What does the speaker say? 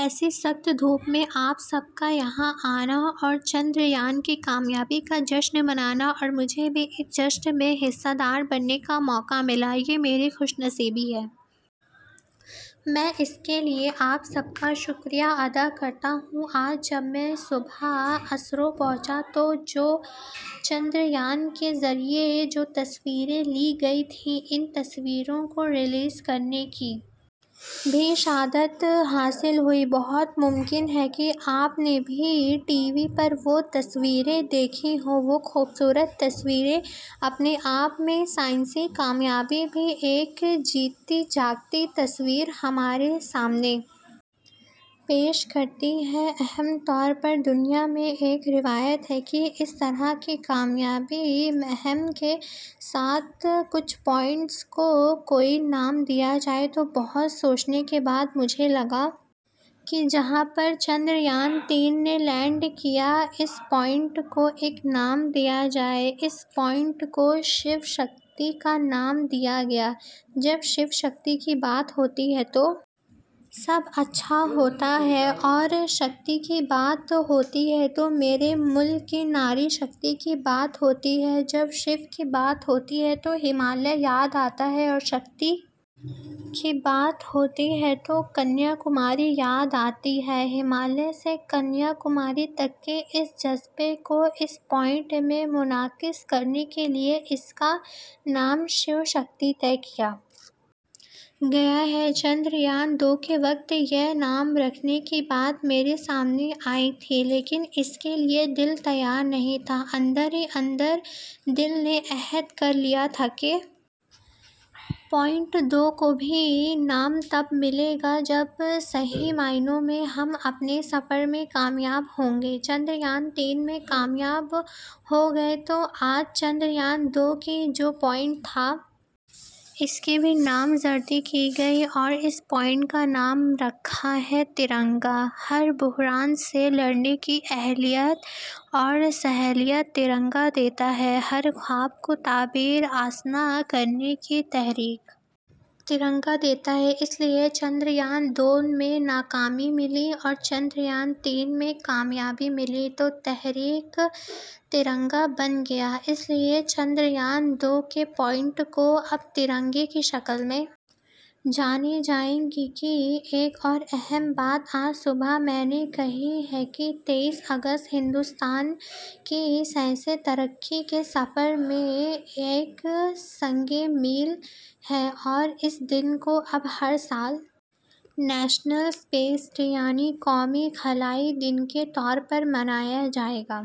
ایسی سخت دھوپ میں آپ سب کا یہاں آنا اور چندریان کی کامیابی کا جشن منانا اور مجھے بھی اس جشن میں حصہ دار بننے کا موقع ملا یہ میری خوش نصیبی ہے میں اس کے لیے آپ سب کا شکریہ ادا کرتا ہوں آج جب میں صبح اسرو پہنچا تھا تو چندریان کے ذریعے جو تصویریں لی گئی تھیں ان تصویروں کو ریلیز کرنے کی بھی سعادت حاصل ہوئی بہت ممکن ہے کہ آپ نے بھی ٹی وی پر وہ تصویریں دیکھی ہوں وہ خوبصورت تصویریں اپنے آپ میں سائنسی کامیابی کی ایک جیتی جاگتی تصویر ہمارے سامنے پیش کرتی ہیں عام طور پر دنیا میں ایک روایت ہے کہ اس طرح کی کامیاب مہم کے ساتھ کچھ پوائنٹس کو کوئی نام دیا جائے تو بہت سوچنے کے بعد مجھے لگا کہ جہاں پر چندریان تین نے لینڈ کیا ہے اس پوائنٹ کو ایک نام دیا جائے اس پوائنٹ کو شیو شکتی کا نام دیا گیا ہے جب شیو کی بات ہوتی ہے تو سب اچھا ہوتا ہے اور شکتی کی بات ہوتی ہے تو میرے ملک کی ناری شکتی کی بات ہوتی ہے جب شیو کی بات ہوتی ہے تو ہمالیہ یاد آتا ہے اور شکتی کی بات ہوتی ہے تو کنیا کماری یاد آتا ہے ہمالیہ سے کنیا کماری تک کے اس جذبے کو اس پوائنٹ میں منعکس کرنے کے لیے اس کا نام شیو شکتی طے کیا گیا ہے چندریان دو کے وقت یہ نام رکھنے کی بات میرے سامنے آئی تھی لیکن اس کے لیے دل تیار نہیں تھا اندر ہی اندر دل نے عہد کر لیا تھا کہ پوائنٹ دو کو بھی نام تب ملے گا جب صحیح معنوں میں ہم اپنے سفر میں کامیاب ہوں گے چندریان تین میں کامیاب ہو گئے تو آج چندریان دو کا جو پوائنٹ تھا اس کی بھی نامزدگی کی گئی اور اس پوائنٹ کا نام رکھا ہے ترنگا ہر بحران سے لڑنے کی اہلیت اور صلاحیت ترنگا دیتا ہے ہر خواب کو تعبیر آشنا کرنے کی تحریک ترنگا دیتا ہے اس لیے چندریان دو میں ناکامی ملی اور چندریان تین میں کامیابی ملی تو تحریک ترنگا بن گیا اس لیے چندریان دو کے پوائنٹ کو اب ترنگا کی شکل میں جانا جائے گا ایک اور اہم بات آج صبح میں نے کہی ہے تئیس اگست ہندوستان کی سائنسی ترقی کے سفر میں ایک سنگ میل ہے اور اس دن کو اب ہر سال نیشنل اسپیس ڈے یعنی قومی خلائی دن کے طور پر منایا جائے گا